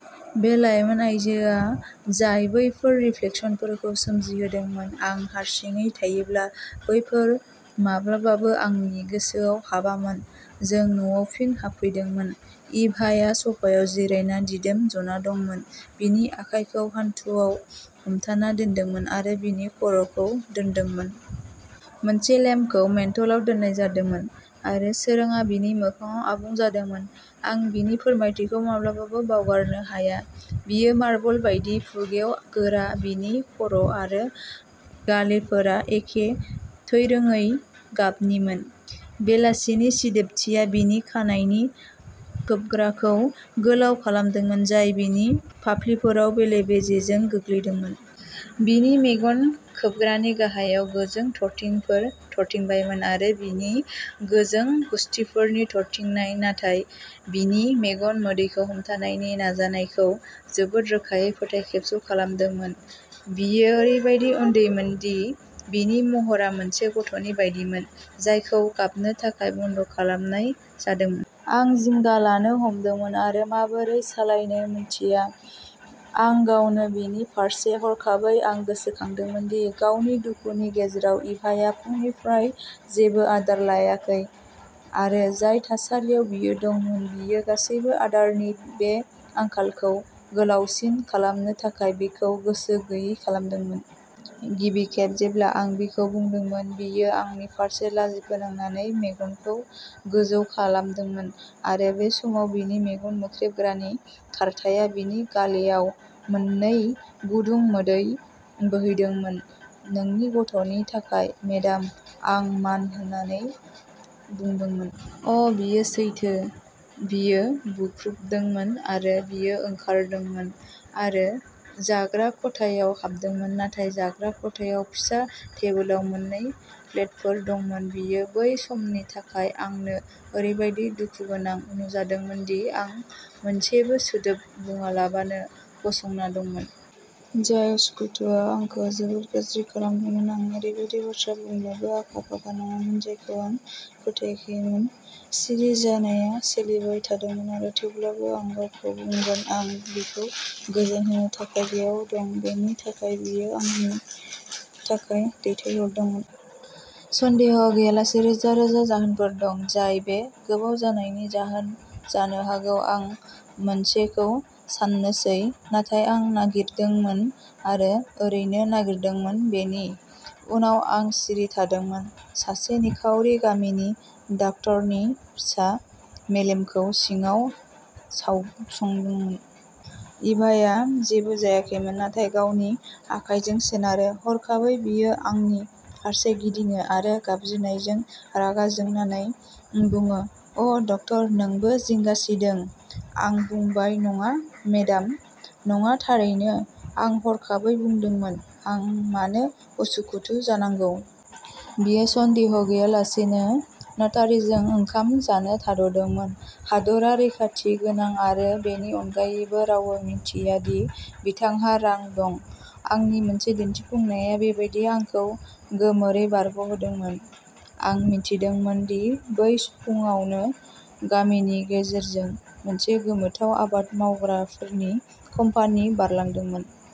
बे लाइमोन आइजोआ जाय बेफोर रिफ्लेकसनफोरखौ सोमजिहोदोंमोन, आं हारसिङै थायोब्ला बेफोर माब्लाबाबो आंनि गोसोआव हाबामोन। जों न'आव फिन हाबफैदोंमोन। इभाया सफायाव जिरायना दिदोम जाना दंमोन, बिनि आखाइखौ हान्थुआव हमथाना दोनदोंमोन आरो बिनि खर'खौ दोन्दोंमोन। मोनसे लेम्पखौ मेन्टोलाव दोननाय जादोंमोन आरो सोरांआ बिनि मोखांआव आबुं जादोंमोन। आं बिनि फोरमायथिखौ माब्लाबाबो बावगारनो हाया बियो मार्बलनि बायदि फुरगेव गोरा बिनि खर' आरो गालेफोरा एखे थैरोङै गाबनिमोन, बेलासानि सिदोबथिया बिनि खानाइनि खोबग्राखौ गोलाव खालामदोंमोन, जाय बिनि फाफ्लिफोराव बेले-बेजेजों गोग्लैदोंमोन। बिनि मेगन-खोबग्रानि गाहायाव गोजों थरथिंफोर थरथिंबायमोन आरो बिनि गोजों गुसथिफोरनि थरथिंनाय नाथाय बिनि मेगन मोदैखौ हमथानायनि नाजानायखौ जोबोद रोखायै फोथायखेबस' खालामदोंमोन। बियो ओरैबायदि उन्दैमोनदि बिनि महरा मोनसे गथ'नि बायदिमोन जायखौ गाबनो थाखाय बन्द' खालामनाय जादोंमोन। आं जिंगा लानो हमदोंमोन आरो माबोरै सालायनो मोनथिया। आं गावनो बिनि फारसे हरखाबै आं गोसोखांदोंमोन दि गावनि दुखुनि गेजेराव इभाया फुंनिफ्राय जेबो आदार लायाखै आरो जाय थासारियाव बियो दंमोन, बियो गासैबो आदारनि बे आंखालखौ गोलावसिन खालामनो थाखाय बेखौ गोसो गैयै खालामदोंमोन। गिबि खेब जेब्ला आं बेखौ बुंदोंमोन, बियो आंनि फारसे लाजिफोनांनानै मेगनखौ गोजौ खालामदोंमोन आरो बे समाव बिनि मेगन-खोबग्रानि खारथाया बिनि गालेआव मोननै गुदुं मोदै बोहैहोदोंमोन "नोंनि गथ'नि थाखाय, मेडाम", आं मान होनानै बुंदोंमोन। "आह बेयो सैथो" बियो बुख्रुबदोंमोन आरो बियो ओंखारदोंमोन आरो जाग्रा खथायाव हाबदोंमोन। नाथाय जाग्रा खथायाव फिसा टेबोलाव मोननै प्लेटफोर दंमोन, बेयो बै समनि थाखाय आंनो ओरैबादि दुखुगोनां नुजादोंमोनदि आं मोनसेबो सोदोब बुंआलाबानो गसंना दंमोन। जाय उसुखुथुआ आंखौ जोबोद गाज्रि खालामदोंमोन। आं ओरैबायदि बाथ्रा बुंनोबो आखा-फाखा नङामोन जायखौ आं फोथायाखैमोन। सिरि जानाया सोलिबाय थादोंमोन आरो थेवब्लाबो, आं गावखौ बुंगोन, आं बिखौ गोजोन होनो थाखाय बेयाव दं बेनि थाखाय बियो आंनि थाखाय दैथायहरदोंमोन। सन्देह गैयालासेनो, रोजा-रोजा जाहोनफोर दं जाय बे गोबाव जानायनि जाहोन जानो हागौ, आं मोनसेखौ सान्नोसै नाथाय आं नागिरदोंमोन आरो ओरैनो नागिरदोंमोन। बेनि उनाव आं सिरि थादोंमोन, सासे निखावरि गामिनि डाक्टारनि फिसा मेलेमखौ सिङाव सावसंदोंमोन। इभाया जेबो जायाखैमोन, नाथाय गावनि आखाइजों सोनारो। हरखाबै बियो आंनि फारसे गिदिङो आरो गाबज्रिनायजों रागा जोंनानै बुङो "आह, डक्ट'र नोंबो जिंगासिदों, आं बुंबाय- "नङा, मेडाम, नङा, थारैनो", आं हरखाबै बुंदोंमोन, "आं मानो उसुखुथु जानांगौ? बियो सन्देह गैयालासेनो, नटारिजों ओंखाम जानो थाद'दोंमोन। हादरा रैखाथि गोनां आरो बेनि अनगायैबो रावबो मिन्थिया दि बिथांहा रां दं। आंनि मोनसे दिन्थिफुंनाया बेबायदि आंखौ गोमोरै बारग'दोंमोन। आं मिथिदोंमोन दि बै फुंआवनो गामिनि गेजेरजों मोनसे गोमोथाव आबाद मावग्राफोरनि कम्पानी बारलांदोंमोन।